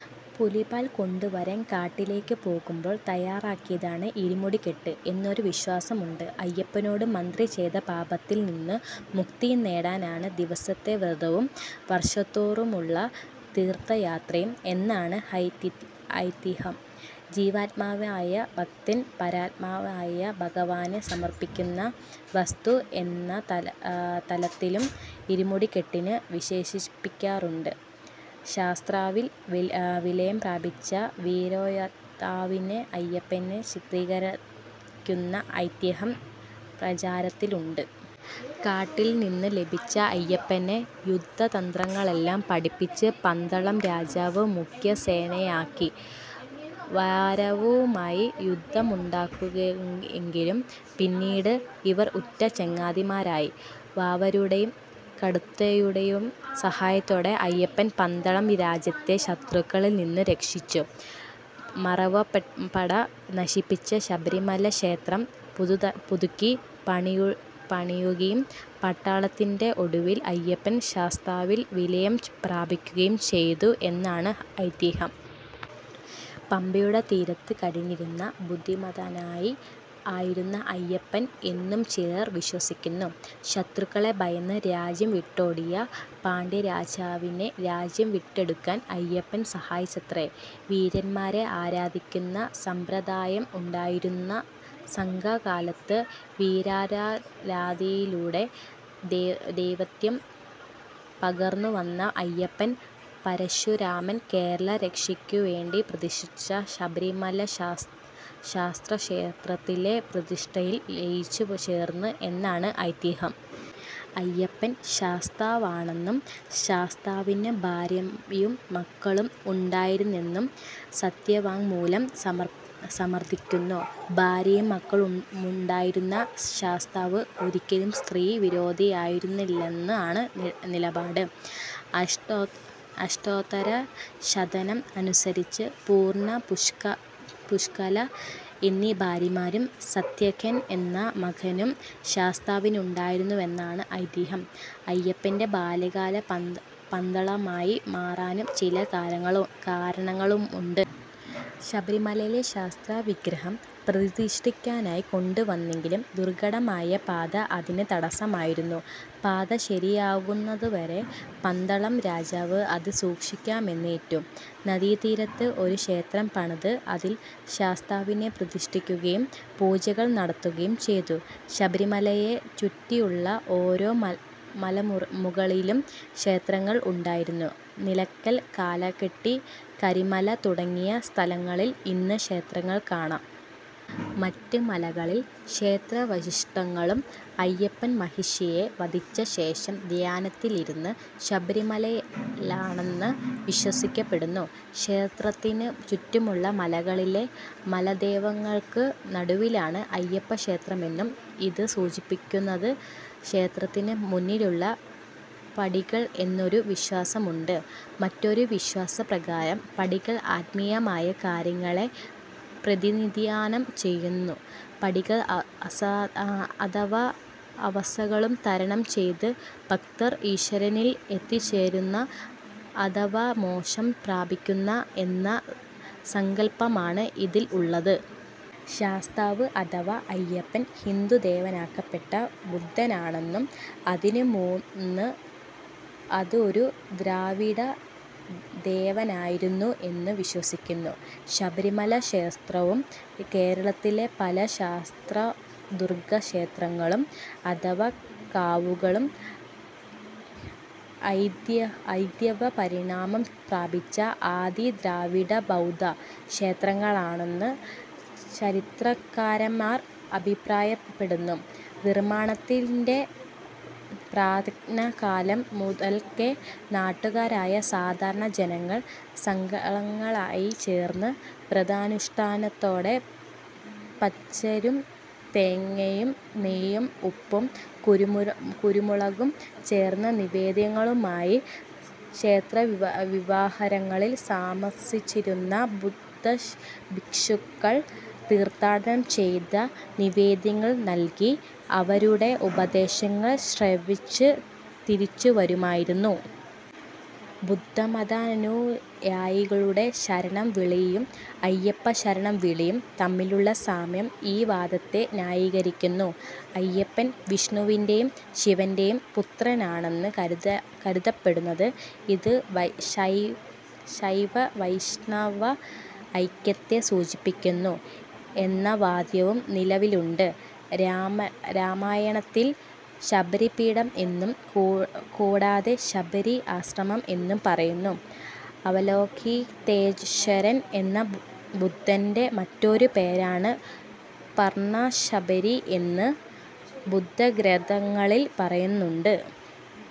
പുലിപ്പാൽ കൊണ്ടുവരാൻ കാട്ടിലേക്ക് പോകുമ്പോൾ തയ്യാറാക്കിയതാണ് "ഇരുമുടിക്കെട്ട്" എന്നൊരു വിശ്വാസമുണ്ട്. അയ്യപ്പനോട് മന്ത്രി ചെയ്ത പാപത്തിൽ നിന്നും മുക്തി നേടാനാണ് ദിവസത്തെ വ്രതവും വർഷംതോറുമുള്ള തീർത്ഥയാത്രയും എന്നാണ് ഐതിഹ്യം. ജീവാത്മാവായ ഭക്തൻ പരമാത്മാവായ ഭഗവാന് സമർപ്പിക്കുന്ന വസ്തു എന്ന തലത്തിലും ഇരുമുടികെട്ടിനെ വിശേഷിപ്പിക്കാറുണ്ട്. ശാസ്താവിൽ വിലയം പ്രാപിച്ച വീരയോദ്ധാവായി അയ്യപ്പനെ ചിത്രീകരിക്കുന്ന ഐതിഹ്യവും പ്രചാരത്തിലുണ്ട്. കാട്ടിൽ നിന്നും ലഭിച്ച അയ്യപ്പനെ യുദ്ധതന്ത്രങ്ങളെല്ലാം പഠിപ്പിച്ച് പന്തളം രാജാവ് മുഖ്യസേനാനിയാക്കി. വാവരുമായി യുദ്ധമുണ്ടായെങ്കിലും പിന്നീട് ഇവർ ഉറ്റ ചങ്ങാതിമാരായി. വാവരുടെയും കടുത്തയുടെയും സഹായത്തോടെ അയ്യപ്പൻ പന്തളം രാജ്യത്തെ ശത്രുക്കളിൽ നിന്നും രക്ഷിച്ചു. മറവപ്പട നശിപ്പിച്ച ശബരിമല ക്ഷേത്രം പുതുക്കി പണിയുകയും പടയോട്ടത്തിന്റെ ഒടുവിൽ അയ്യപ്പൻ ശാസ്താവിൽ വിലയം പ്രാപിക്കുകയും ചെയ്തു എന്നാണ് ഐതിഹ്യം. പമ്പയുടെ തീരത്ത് കഴിഞ്ഞിരുന്ന ബുദ്ധമതാനുയായി ആയിരുന്നു അയ്യപ്പൻ എന്നും ചിലർ വിശ്വസിക്കുന്നു. ശത്രുക്കളെ ഭയന്ന് രാജ്യം വിട്ടോടിയ പാണ്ഡ്യരാജാവിനെ രാജ്യം വീണ്ടെടുക്കാൻ അയ്യപ്പൻ സഹായിച്ചത്രെ. വീരന്മാരെ ആരാധിക്കുന്ന സമ്പ്രദായം ഉണ്ടായിരുന്നു സംഘകാലത്ത് വീരാരാധനയിലൂടെ ദേവത്വം പകർന്നു വന്ന അയ്യപ്പൻ, പരശുരാമൻ കേരള രക്ഷയ്ക്കുവേണ്ടിപ്രതിഷ്ഠിച്ച ശബരിമല ശാസ്താക്ഷേത്രത്തിലെ പ്രതിഷ്ഠയിൽ ലയിച്ചു ചേർന്നു എന്നാണ് ഐതിഹ്യം. അയ്യപ്പൻ ശാസ്താവാണെന്നും ശാസ്താവിന് ഭാര്യമാരും മക്കളും ഉണ്ടായിരുന്നെന്നും സത്യവാങ്മൂലം സമർത്ഥിക്കുന്നു. ഭാര്യയും മക്കളുമുണ്ടായിരുന്ന ശാസ്താവ് ഒരിക്കലും സ്ത്രീ വിരോധിയായിരുന്നില്ലെന്നാണ് നിലപാട്. അഷ്ടോത്തര ശതകം അനുസരിച്ച് പൂർണ്ണ, പുഷ്കല എന്നീ ഭാര്യമാരും സത്യകൻ എന്ന മകനും ശാസ്താവിനുണ്ടായിരുന്നെന്നാണ് ഐതിഹ്യം. അയ്യപ്പന്റെ ബാല്യകാലം പന്തളമായി മാറാനും ചില കാരണങ്ങളുണ്ട്. ശബരിമലയിൽ ശാസ്താവിഗ്രഹം പ്രതിഷ്ഠിക്കാനായി കൊണ്ടു വന്നെങ്കിലും ദുർഘടമായ പാത അതിന് തടസമായിരുന്നു. പാത ശരിയാകുന്നതുവരെ പന്തളം രാജാവ് അത് സൂക്ഷിക്കാമെന്നേറ്റു. നദീതീരത്ത് ഒരു ക്ഷേത്രം പണിത് അതിൽ ശാസ്താവിനെ പ്രതിഷ്ഠിക്കുകയും പൂജകൾ നടത്തുകയും ചെയ്തു. ശബരിമലയെ ചുറ്റിയുള്ള ഓരോ മലമുകളിലും ക്ഷേത്രങ്ങൾ ഉണ്ടായിരുന്നു. നിലക്കൽ, കാളകെട്ടി, കരിമല തുടങ്ങിയ സ്ഥലങ്ങളിൽ ഇന്നും ക്ഷേത്രങ്ങൾ കാണാം. മറ്റ് മലകളിൽ ക്ഷേത്രാവശിഷ്ടങ്ങളും. അയ്യപ്പൻ മഹിഷിയെ വധിച്ച ശേഷം ധ്യാനത്തിലിരുന്നത് ശബരിമലയിലാണെന്ന് വിശ്വസിക്കപ്പെടുന്നു. ക്ഷേത്രത്തിനു ചുറ്റുമുള്ള മലകളിലെ മലദൈവങ്ങൾക്കു നടുവിലാണ് അയ്യപ്പക്ഷേത്രമെന്നും ഇത് സൂചിപ്പിക്കുന്നതാണ് ക്ഷേത്രത്തിന് മുന്നിലുള്ള പടികൾ എന്നൊരു വിശ്വാസമുണ്ട്. മറ്റൊരു വിശ്വാസപ്രകാരം പടികൾ ആത്മീയമായ കാര്യങ്ങളെ പ്രതിനിധാനം ചെയ്യുന്നു. പടികൾ അഥവാ അവസ്ഥകൾ തരണം ചെയ്തു ഭക്തർ ഈശ്വരനിൽ എത്തിച്ചേരുന്നു അഥവാ മോക്ഷം പ്രാപിക്കുന്നു എന്ന സങ്കൽപ്പമാണ് ഇതിൽ ഉള്ളത്. ശാസ്താവ് അഥവാ അയ്യപ്പൻ ഹിന്ദു ദേവനാക്കപ്പെട്ട ബുദ്ധനാണെന്നും, അതിനു മുന്ന് അത് ഒരു ദ്രാവിഡ ദേവനായിരുന്നു എന്നും വിശ്വസിക്കുന്നു. ശബരിമല ക്ഷേത്രവും കേരളത്തിലെ പല ശാസ്താ-ദുർഗ്ഗക്ഷേത്രങ്ങളും, അഥവാ കാവുകളും ഹൈന്ദവപരിണാമം പ്രാപിച്ച ആദി ദ്രാവിഡ-ബൗദ്ധ ക്ഷേത്രങ്ങളാണെന്ന് ചരിത്രകാരന്മാർ അഭിപ്രായപ്പെടുന്നു നിർമ്മാണത്തിന്റെ പ്രാക്തനകാലം മുതൽക്കേ നാട്ടുകാരായ സാധാരണ ജനങ്ങൾ സംഘങ്ങളായിച്ചേർന്ന് വ്രതാനുഷ്ഠാനത്തോടെ പച്ചരിയും തേങ്ങയും നെയ്യും ഉപ്പും കുരുമുളകും ചേർന്ന നിവേദ്യങ്ങളുമായി ക്ഷേത്രവിഹാരങ്ങളിൽ താമസിച്ചിരുന്ന ബുദ്ധഭിക്ഷുക്കൾ തീർത്ഥാടനം ചെയ്ത് നിവേദ്യങ്ങൾ നൽകി അവരുടെ ഉപദേശങ്ങൾ ശ്രവിച്ച് തിരിച്ചുവരുമായിരുന്നു. ബുദ്ധമതാനുയായികളുടെ ശരണം വിളിയും അയ്യപ്പ ശരണം വിളിയും തമ്മിലുള്ള സാമ്യം ഈ വാദത്തെ ന്യായീകരിക്കുന്നു. അയ്യപ്പൻ വിഷ്ണുവിന്റേയും ശിവന്റേയും പുത്രനായാണു കരുതപ്പെടുന്നത്. ഇതു ശൈവ-വൈഷ്ണവ ഐക്യത്തെ സൂചിപ്പിക്കുന്നു എന്ന വാദവും നിലവിലുണ്ട്. രാമായണത്തിൽ ശബരിപീഠം എന്നും കൂടാതെ ശബരി ആശ്രമം എന്നും പറയുന്നു. അവലോകിതേശ്വരൻ എന്ന ബുദ്ധന്റെ മറ്റൊരു പേരാണു പർണ്ണശബരി എന്നു ബുദ്ധഗ്രന്ഥങ്ങളിൽ പറയുന്നുണ്ട്.